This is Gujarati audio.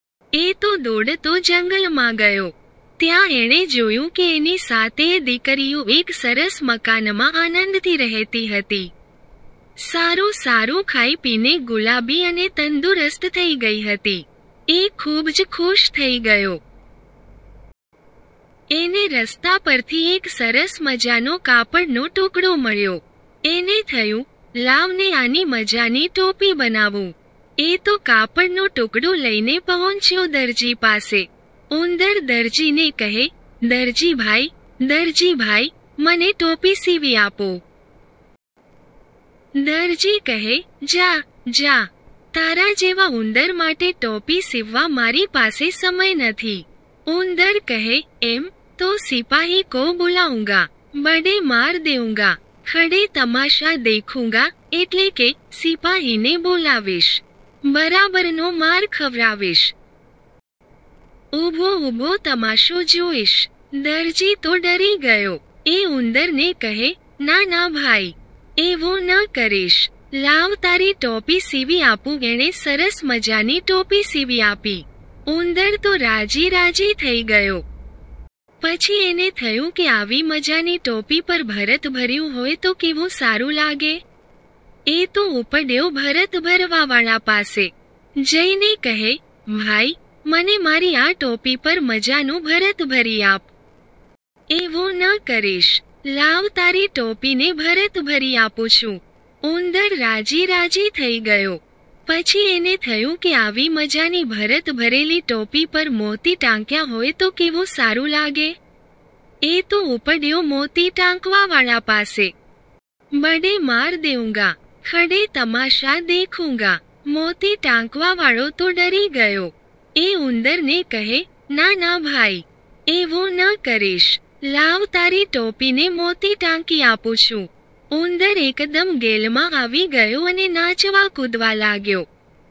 એ તો દોડતો જંગલમાં ગયો. ત્યાં એણે જોયું કે એની સાતેય દીકરીઓ એક સરસ મકાનમાં આનંદથી રહેતી હતી. સારું સારું ખાઈ-પીને ગુલાબી અને તંદુરસ્ત થઇ ગઈ હતી. એ ખુબ જ ખુશ થઇ ગયો. એને રસ્તા પરથી એક સરસ મજાનો કાપડનો ટુકડો મળ્યો. એને થયું, લાવ ને આની મજાની ટોપી બનાવું. એ તો કાપડનો ટુકડો લઈને પહોંચ્યો દરજી પાસે. ઉંદર દરજીને કહે, "દરજીભાઈ, દરજીભાઈ, મને ટોપી સીવી આપો". દરજી કહે, "જા. જા. તારા જેવા ઉંદર માટે ટોપી સીવવા મારી પાસે સમય નથી". ઉંદર કહે, "એમ? તો સિપાહી કો બુલાઉંગા. બડે માર દેઉંગા. ખડે તમાશા દેખુંગા" એટલે કે, "સિપાહીને બોલાવીશ. બરાબરનો માર ખવરાવીશ. ઉભો ઉભો તમાશો જોઇશ". દરજી તો ડરી ગયો. એ ઉંદરને કહે, "ના ના ભાઈ. એવું ન કરીશ. લાવ તારી ટોપી સીવી આપું એણે સરસ મજાની ટોપી સીવી આપી. ઉંદર તો રાજી રાજી થઇ ગયો. પછી એને થયું કે આવી મજાની ટોપી પર ભરત ભર્યું હોય તો કેવું સારું લાગે? એ તો ઉપડ્યો ભરત ભરવાવાળા પાસે. જઈને કહે, "ભાઈ, મને મારી આ ટોપી પર મજાનું ભરત ભરી આપ". એવું ન કરીશ. લાવ તારી ટોપીને ભરત ભરી આપું છું". ઉંદર રાજી રાજી થઇ ગયો. પછી એને થયું કે આવી મજાની ભરત ભરેલી ટોપી પર મોતી ટાંક્યાં હોય તો કેવું સારું લાગે? એ તો ઉપડ્યો મોતી ટાંકવાવાળા પાસે. બડે માર દેઉંગા. ખડે તમાશા દેખુંગા". મોતી ટાંકવાવાળો તો ડરી ગયો. એ ઉંદરને કહે, "ના ના ભાઈ. એવું ન કરીશ. લાવ તારી ટોપીને મોતી ટાંકી આપું છું". ઉંદર એકદમ ગેલમાં આવી ગયો અને નાચવા કુદવા લાગ્યો.